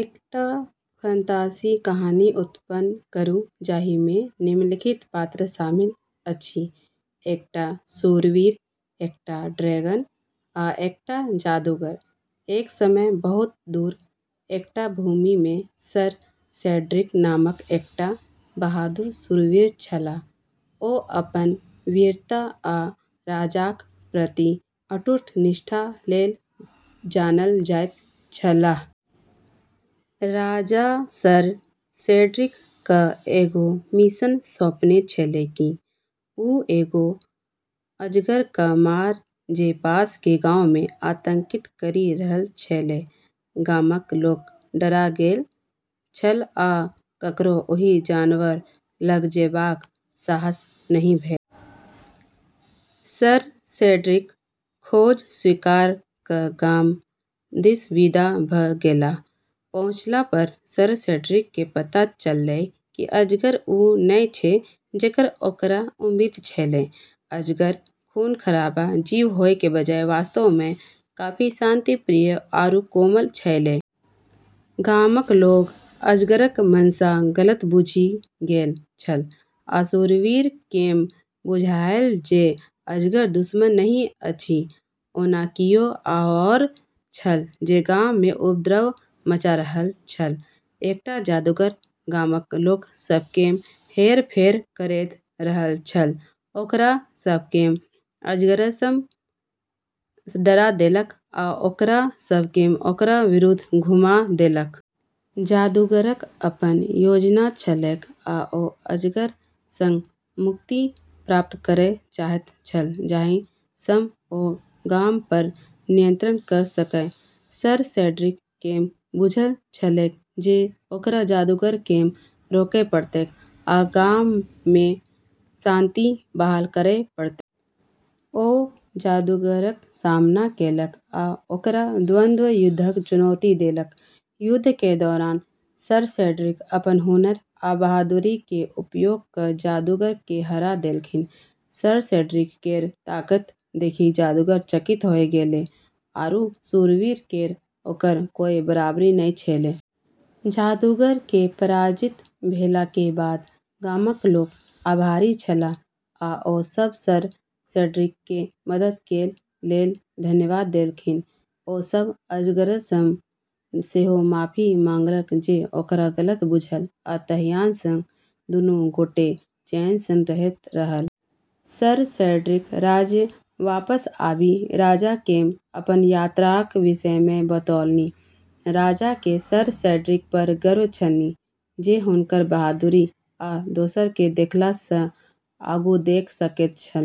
एकटा फंतासी कहानी उत्पन्न करू जाहि मे निम्नलिखित पात्र शामिल अछि: एकटा शूरवीर, एकटा ड्रैगन, आ एकटा जादूगर। एक समय बहुत दूर एकटा भूमि मे सर सेड्रिक नामक एकटा बहादुर शूरवीर छलाह। ओ अपन वीरता आ राजाक प्रति अटूट निष्ठा लेल जानल जाइत छलाह। राजा सर सेड्रिक क एगो मिशन सौंपने छेलै कि वू एगो अजगर क मार जे पास के गाँव मे आतंकित करी रहल छेलै। गामक लोक डरा गेल छल आ ककरो ओहि जानवर लग जेबाक साहस नहि भेल। सर सेड्रिक खोज स्वीकार क गाम दिस विदा भ गेलाह। पहुँचला पर सर सेड्रिक के पता चललै कि अजगर वू नै छै जेकर ओकरा उम्मीद छेलै। अजगर खूनखराबा जीव होय के बजाय वास्तव में काफी शांतिप्रिय आरू कोमल छेलै। गामक लोक अजगरक मंशा गलत बुझि गेल छल आ शूरवीर केँ बुझायल जे अजगर दुश्मन नहि अछि। ओना कियो आओर छल जे गाम मे उपद्रव मचा रहल छल। एकटा जादूगर गामक लोक सभकेँ हेरफेर करैत रहल छल, ओकरा सभकेँ अजगरसँ डरा देलक आ ओकरा सभकेँ ओकरा विरुद्ध घुमा देलक। जादूगरक अपन योजना छलैक आ ओ अजगर सँ मुक्ति प्राप्त करय चाहैत छल जाहि सँ ओ गाम पर नियंत्रण क सकय। सर सेड्रिक केँ बुझल छलैक जे ओकरा जादूगर केँ रोकय पड़तैक आ गाम मे शांति बहाल करय पड़तैक। ओ जादूगरक सामना केलक आ ओकरा द्वंद्वयुद्धक चुनौती देलक। युद्ध के दौरान सर सेड्रिक अपन हुनर आ बहादुरी के उपयोग क जादूगर के हरा देलखिन। सर सेड्रिक केर ताकत देखी जादूगर चकित होय गेलै आरू शूरवीर केर ओकर कोय बराबरी नै छेलै। जादूगर के पराजित भेला के बाद गामक लोक आभारी छलाह आ ओ सब सर सेड्रिक के मदद के लेल धन्यवाद देलखिन। ओ सभ अजगरसँ सेहो माफी मंगलक जे ओकरा गलत बुझल आ तहियासँ दुनू गोटे चैनसँ रहैत रहल। सर सेड्रिक राज्य वापस आबि राजा केँ अपन यात्राक विषय मे बतौलनि। राजा के सर सेड्रिक पर गर्व छलनि जे हुनकर बहादुरी आ दोसर के देखला स आगू देख सकैत छल।